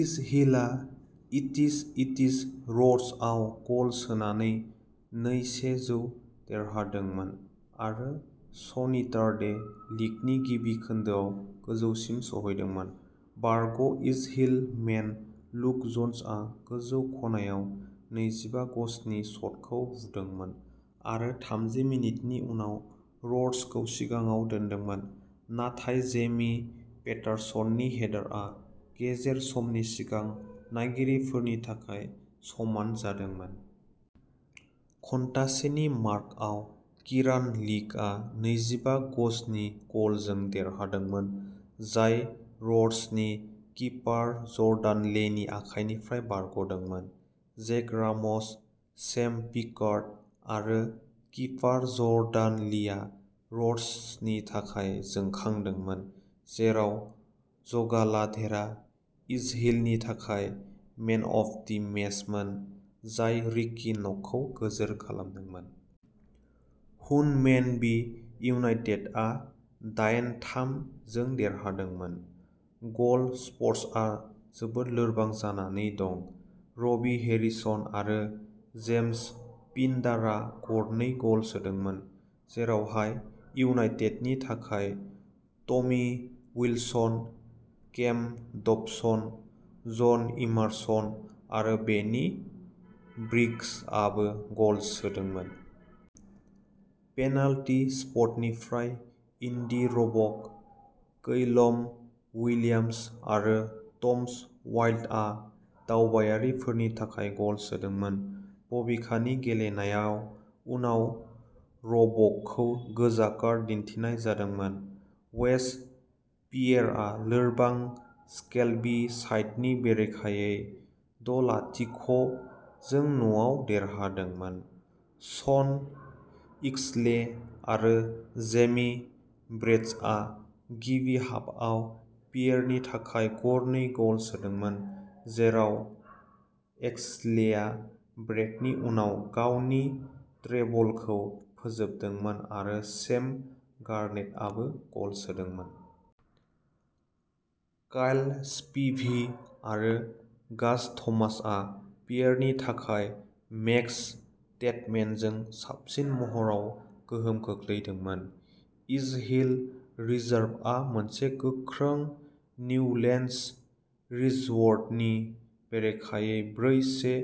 इजहिलआ इटिस इटिस र'वर्सआव गल सोनानै नै-से जों देरहादोंमोन आरो सनिटारडे लिगनि गिबि खोन्दोआव गोजौसिम सौहैदोंमोन। बारग' ए इजहिल मेन लुक जन्सआ गोजौ खनायाव नैजिबा गजनि शटखौ बुदोंमोन आरो थामजि मिनिटनि उनाव र'वर्सखौ सिगाङाव दोनदोंमोन नाथाय जेमि पेटारसननि हेडारआ गेजेर समनि सिगां नायगिरिफोरनि थाखाय समान जादोंमोन। घन्टासेनि मार्कआव किरान लिंकआ नैजिबा गजनि गलजों देरहादोंमोन जाय र'वर्सनि किपार जर्डान लीनि आखायनिफ्राय बारग'दोंमोन। जेक राम'स, सेम पिकार्ड आरो किपार जर्डान लीआ र'वर्सनि थाखाय जोंखांदोंमोन, जेराव ज'गालाघेरा इजहिलनि थाखाय मेन अफ दि मेचमोन, जाय रिकी नकखौ गोजोर खालामदोंमोन। हुनमेनबी इउनाइटेडआ दाइन-थाम जों देरहादोंमोन। गल स्पर्टसआ जोबोद लोरबां जानानै दं। रबि हेरिसन आरो जेम्स पिन्डारा गरनै गल सोदोंमोन, जेराव इउनाइटेडनि थाखाय Tommy Wilson, Cam Dobson, John Emerson आरो बेनि ब्रिग्सआबो गल सोदोंमोन। पेनाल्टी स्पटनिफ्राय इन्डी र'बक, कैलम विलियम्स आरो टम्स वाइल्डआ दावबायारिफोरनि थाखाय गल सोदोंमोन, बबेखानि गेलेनायाव उनाव र'बकखौ गोजा कार्ड दिन्थिनाय जादोंमोन। वेस्ट पियेरआ लोरबां स्केल्बी साइडनि बेरेखायै द'-लाथिख' जों न'आव देरहादोंमोन। शन इक्सले आरो जेमी ब्रेडशआ गिबि हाफआव पियेरनि थाखाय गरनै गल सोदोंमोन, जेराव एक्सलेआ ब्रेकनि उनाव गावनि ट्रेबलखौ फोजोबदोंमोन आरो सेम गार्नेटआबो गल सोदोंमोन। काइल स्पिभि आरो गाज थमासआ पियेरनि थाखाय मेक्स टेडमेनजों साबसिन महराव गोहोम खोख्लैदोंमोन। इजहिल रिजार्भआ मोनसे गोख्रों निउलेन्डस रिजर्वनि बेरेखायै ब्रै-से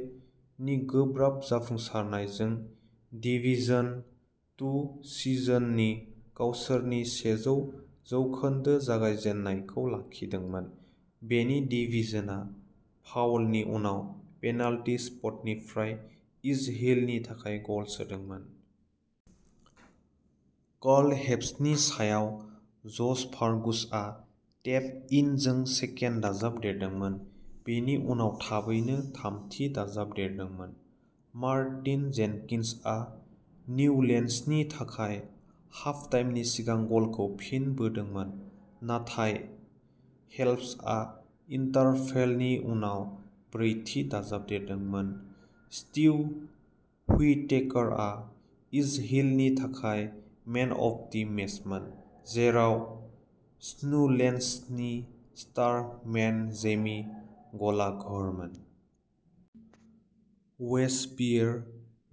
नि गोब्राब जाफुंसारनायजों डिवीजन टू सिजननि गावसोरनि सेजौ जौखोनदो जागायजेन्नायखौ लाखिदोंमोन। बेनि डेभिजनआ फाउलनि उनाव पेनाल्टी स्पटनिफ्राय इजहिलनि थाखाय गल सोदोंमोन। कार्ल हेपल्सनि सायाव, जश फार्गुसआ टेप इनजों सेकेन्ड दाजाबदेरदोंमोन, बिनि उनाव थाबैनो थामथि दाजाबदेरदोंमोन। मार्टिन जेनकिन्सना निउलेन्डसनि थाखाय हाफ टाइमनि सिगां गलखौ फिन बोदोंमोन, नाथाय हेपल्सआ इन्टारभेलनि उनाव ब्रैथि दाजाबदेरदोंमोन। स्टीव व्हिटेकरआ इजहिलनि थाखाय मेन अफ दि मेचमोन, जेराव न्यूलैंड्सनि स्टार मेन जेमी गालाघरमोन। वेस्ट पियेर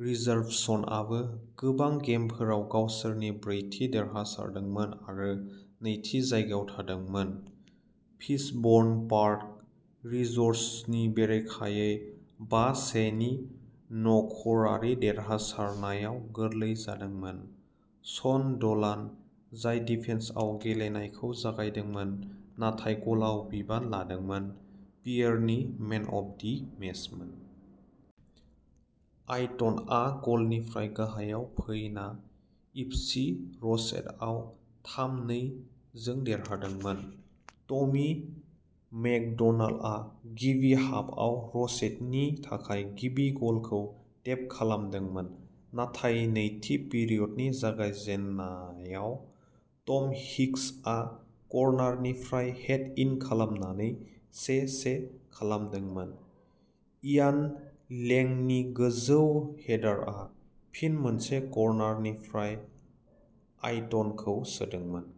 रिजार्भ्सआबो गोबां गेमफोराव गावसोरनि ब्रैथि देरहादोंमोन आरो नैथि जायगायाव थादोंमोन, फिशबर्न पार्क रिजर्व्सनि बेरेखायै बा-से नि न'खरारि देरहासारनायाव गोरलै जादोंमोन। शन ड'लान, जाय डिफेन्सआव गेलेनायखौ जागायदोंमोन नाथाय गलआव बिबान लादोंमोन, पियेरनि मेन अफ दि मेचमोन। आयटनआ गलनिफ्राय गाहायाव फैना इफसि र'सेटआव थाम-नै जों देरहादोंमोन। टमी मैकड'नाल्डआ गिबि हाफआव र'सेटनि थाखाय गिबि गलखौ टेप खालामदोंमोन, नाथाय नैथि पिरियडनि जागायजेन्नायाव टम हिक्सआ कर्नारनिफ्राय हेद इन खालामनानै से-से खालामदोंमोन। इयान लेंनि गोजौ हेडारआ, फिन मोनसे कर्नारनिफ्राय, आयटनखौ सोदोंमोन।